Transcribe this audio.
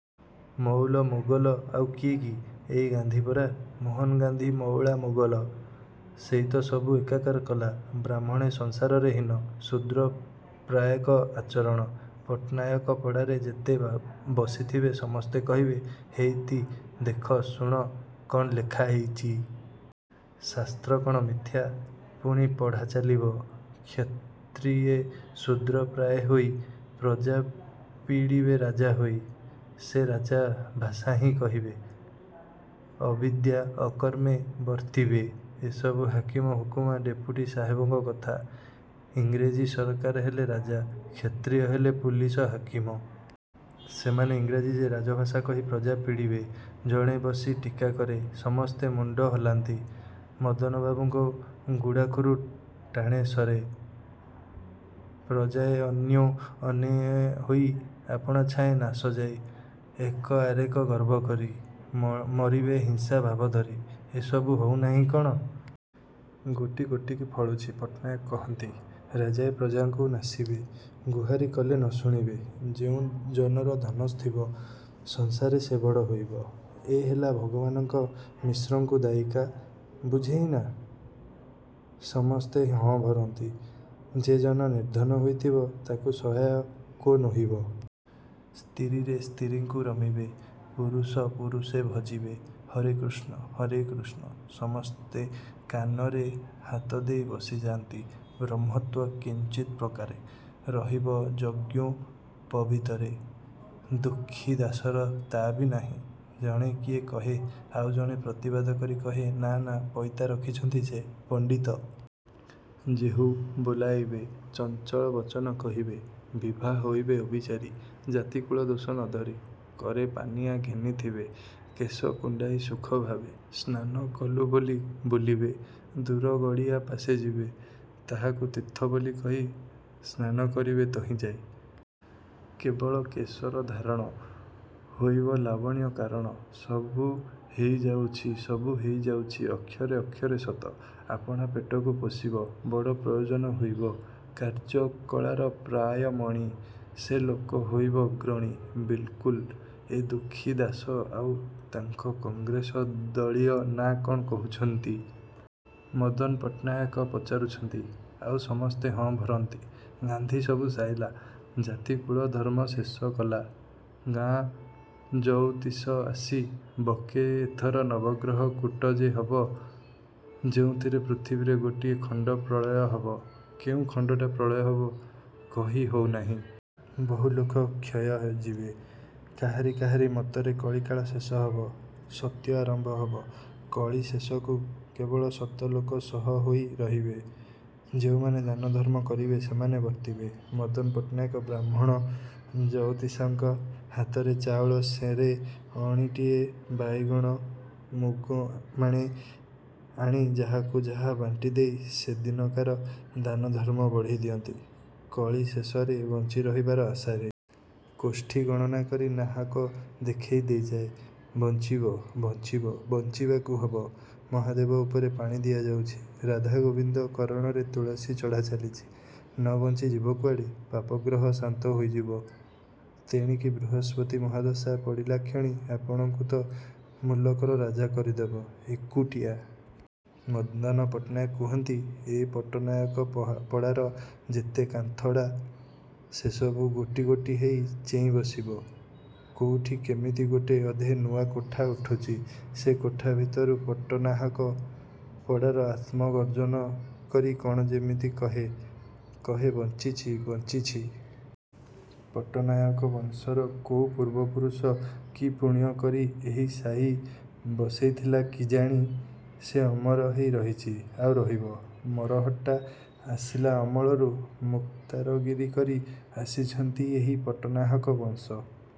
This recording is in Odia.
ମଉଲ ମୋଗଲ ଆଉ କିଏ କି! ଏଇ ଗାନ୍ଧି ପରା। ମୋହନ ଗାନ୍ଧି ମଉଳା ମୋଗଲ। ସେଇ ତ ସବୁ ଏକାକାର କଲା। ବ୍ରାହ୍ମଣେ ସଂସାରରେ ହୀନ। ଶୂଦ୍ର ପ୍ରାୟେକ ଆଚରଣ। ପଟ୍ଟନାୟକ ପଡ଼ାର ଯେତେ ବସିଥିବେ ସମସ୍ତେ କହିବେ, ହେଇତି ଦେଖ, ଶୁଣ, କ'ଣ ଲେଖା ହେଇଚି। ଶାସ୍ତ୍ର କ'ଣ ମିଥ୍ୟା। ପୁଣି ପଢ଼ାଚାଲିବ, କ୍ଷତ୍ରିୟେ ଶୂଦ୍ର ପ୍ରାୟେ ହୋଇ। ପ୍ରଜା ପୀଡ଼ିବେ ରାଜା ହୋଇ। ସେ ରାଜା ଭାଷାହିଁ କହିବେ। ଅବିଦ୍ୟା ଅକର୍ମେ ବର୍ତ୍ତିବେ। ଏସବୁ ହାକିମ ହୁକୁମା ଡେପୁଟି ସାହେବଙ୍କ କଥା। ଇଂରେଜୀ ସରକାର ହେଲେ ରାଜା। କ୍ଷତ୍ରିୟ ହେଲେ ପୁଲିସ ହାକିମ। ସେମାନେ ଇଂରାଜୀ ଯେ ରାଜଭାଷା କହି ପ୍ରଜା ପୀଡ଼ିବେ। ଜଣେ ବସି ଟୀକା କରେ, ସମସ୍ତେ ମୁଣ୍ଡ ହଲାନ୍ତି। ମଦନବାବୁଙ୍କ ଗୁଡ଼ାଖୁରୁ ଟାଣେ ସରେ। ପ୍ରଜାଏ ଅନ୍ୟୋ ଅନ୍ୟେ ହୋଇ। ଆପଣା ଛାଏଁ ନାଶଯାଇ। ଏକ ଆରେକେ ଗର୍ବ କରି। ମରିବେ ହିଂସା ଭାବଧରି। ଏସବୁ ହଉ ନାହିଁ କ'ଣ! ଗୋଟି ଗୋଟିକି ଫଳୁଛି। ପଟ୍ଟନାହକ କହନ୍ତି, ରାଜାଏ ପ୍ରଜାଙ୍କୁ ନାଶିବେ। ଗୁହାରି କଲେ ନ ଶୁଣିବେ। ଯେଉଁ ଜନର ଧନ ଥିବ। ସଂସାରେ ସେ ବଡ଼ ହୋଇବ। ଏ ହେଲା ଭଗବାନ ମିଶ୍ରଙ୍କୁ ଦାୟିକା, ବୁଝଇନା? ସମସ୍ତେ ହଁ ଭରନ୍ତି। ଯେ ଜନ ନିର୍ଧନ ହୋଇବ। ତାକୁ ସହାୟ କେ ନୋହିବ। ସ୍ତିରୀଏ ସ୍ତିରୀଙ୍କୁ ରମିବେ। ପୁରୁଷ ପୁରୂଷେ ଭଜିବେ। ହରେ କୃଷ୍ଣ, ହରେ କୃଷ୍ଣ। ସମସ୍ତେ କାନରେ ହାତଦେଇ ବସିଯାନ୍ତି। ବ୍ରହ୍ମତ୍ୱ କିଞ୍ଚିତ୍ ପ୍ରକାରେ। ରହିବ ଯଜ୍ଞୋପବୀତରେ। ଦୁଃଖୀ ଦାଶର ତା'ବି ନାହିଁ। ଜଣେ କିଏ କହେ ଆଉ ଜଣେ ପ୍ରତିବାଦ କରି କହେ, ନା ନା ପଇତା ରଖିଛି ସେ। ପଣ୍ଡିତ ଯେହୁ ବୋଲାଇବେ। ଚଞ୍ଚଳ ବଚନ କହିବେ। ବିଭା ହୋଇବେ ଅବିଚାରି। ଜାତିକୁଳ ଦୋଷ ନ ଧରି। କରେ ପାନିଆ ଘେନିଥିବେ। କେଶ କୁଣ୍ଡାଇ ସୁଖଭାବେ। ସ୍ନାନ କଲୁ ବୋଲି ବୋଲିବେ। ଦୂର ଗଡ଼ିଆ ପାଶେ ଯିବେ। ତାହାକୁ ତୀର୍ଥ ବୋଲି କହି। ସ୍ନାନ କରିବେ ତହିଁ ଯାଇ। କେବଳ କେଶର ଧାରଣ। ହୋଇବ ଲାବଣ୍ୟ କାରଣ। ସବୁ ହେଇଯାଉଛି, ସବୁ ହେଇଯାଉଛି, ଅକ୍ଷରେ ଅକ୍ଷରେ ସତ। ଆପଣା ପେଟକୁ ପୋଷିବା। ବଡ଼ ପ୍ରୟୋଜନ ହୋଇବ। କାର୍ଯ୍ୟକଳାର ପ୍ରାୟ ମଣି। ସେ ଲୋକ ହୋଇବ ଅଗ୍ରଣୀ। ବିଲ୍କୁଲ୍ ଏ ଦୁଃଖୀ ଦାଶ ଆଉ ତାଙ୍କ କଂଗ୍ରେସ ଦଳୀୟ ନା କ'ଣ କହୁଛନ୍ତି? ମଦନ ପଟ୍ଟନାୟକ ପଚାରନ୍ତି। ଆଉ ସମସ୍ତେ ହଁ ଭରନ୍ତି। ଗାନ୍ଧି ସବୁ ସାଇଲା। ଜାତି କୁଳ ଧର୍ମ ସବୁ ଶେଷ କଲା। ଗାଁ ଜଉତିଷ ଆସି ବକେ ଏଥର ନବଗ୍ରହ କୂଟ ଯେ ହବ, ଯେଉଁ ଥିରେ ପୃଥିବୀରେ ଗୋଟିଏ ଖଣ୍ଡପ୍ରଳୟ ହବ। କେଉଁ ଖଣ୍ଡଟା ପ୍ରଳୟ ହବ, କହି ହଉ ନାହିଁ। ବହୁଲୋକ କ୍ଷୟ ଯିବେ, କାହାରି କାହାରି ମତରେ କଳିକାଳ ଶେଷ ହେବ, ସତ୍ୟ ଆରମ୍ଭ ହବ। କଳି ଶେଷକୁ କେବଳ ସତ ଲୋକେ ଶହ ହୋଇ ରହିବେ। ଯେଉଁମାନେ ଦାନ ଧର୍ମ କରିବେ, ସେମାନେ ବର୍ତ୍ତିବେ। ମଦନ ପଟ୍ଟନାୟକ ବାହ୍ମୁଣ ଜଉତିଷଙ୍କ ହାତରେ ଚାଉଳ ସେରେ, ଅଣିଟିଏ, ବାଇଗଣ ମୁଗ ମାଣେ ଆଣି ଯାହାକୁ ଯାହା ବାଣ୍ଟି ଦେଇ ସେଦିନକାର ଦାନ ଧର୍ମ ବଢ଼େଇ ଦିଅନ୍ତି, କଳି ଶେଷରେ ବଞ୍ଚି ରହିବାର ଆଶାରେ। କୋଷ୍ଠୀ ଗଣନା କରି ନାହାକ ଦେଖେଇ ଦେଇଯାଏ, ବଞ୍ଚିବ, ବଞ୍ଚିବ, ବଞ୍ଚିବାକୁ ହବ। ମହାଦେବ ଉପରେ ପାଣି ଦିଆଯାଉଛି, ରାଧା ଗୋବିନ୍ଦ କରଣରେ ତୁଳସୀ ଚଢ଼ା ଚାଲିଚି, ନ ବଞ୍ଚି ଯିବ କୁଆଡ଼େ। ପାପଗ୍ରହ ଶାନ୍ତ ହୋଇଯିବ। ତେଣିକି ବୃହସ୍ପତି ମହାଦଶା ପଡ଼ିଲାକ୍ଷଣି, ଆପଣଙ୍କୁ ତ ମୁଲକର ରାଜା କରିଦେବ। ଏକୁଟିଆ ମଦନ ପଟ୍ଟନାୟକ ନୁହନ୍ତି। ଏ ପଟ୍ଟନାହାକ ପଡ଼ାର ଯେତେ କାନ୍ଥଡ଼ା ସେସବୁ ଗୋଟି ଗୋଟି ହେଇ ଚେଇଁ ବସିବ। କୋଉଠି କେମିତି ଗୋଟେ ଅଧେ ନୂଆ କୋଠା ଉଠୁଛି। ସେ କୋଠା ଭିତରୁ ପଟ୍ଟନାହାକ ପଡ଼ାର ଆତ୍ମ ଗର୍ଜନ କରି କ'ଣ ଯେମିତି କହେ। କହେ, ବଞ୍ଚିଛି, ବଞ୍ଚିଛି। ପଟ୍ଟନାୟକ ବଂଶର କୋଉଁ ପୂର୍ବପୁରୁଷ କି ପୁଣ୍ୟ କରି ଏ ସାହି ବସେଇଥିଲା କିଜାଣି, ସେ ଅମର ହେଇ ରହିଚି, ଆଉ ରହିବ। ମରହଟ୍ଟା ଆସିଲା ଅମଳରୁ ମୁକ୍ତାରଗିରି କରି ଆସିଚନ୍ତି ଏଇ ପଟ୍ଟନାହାକ ବଂଶ।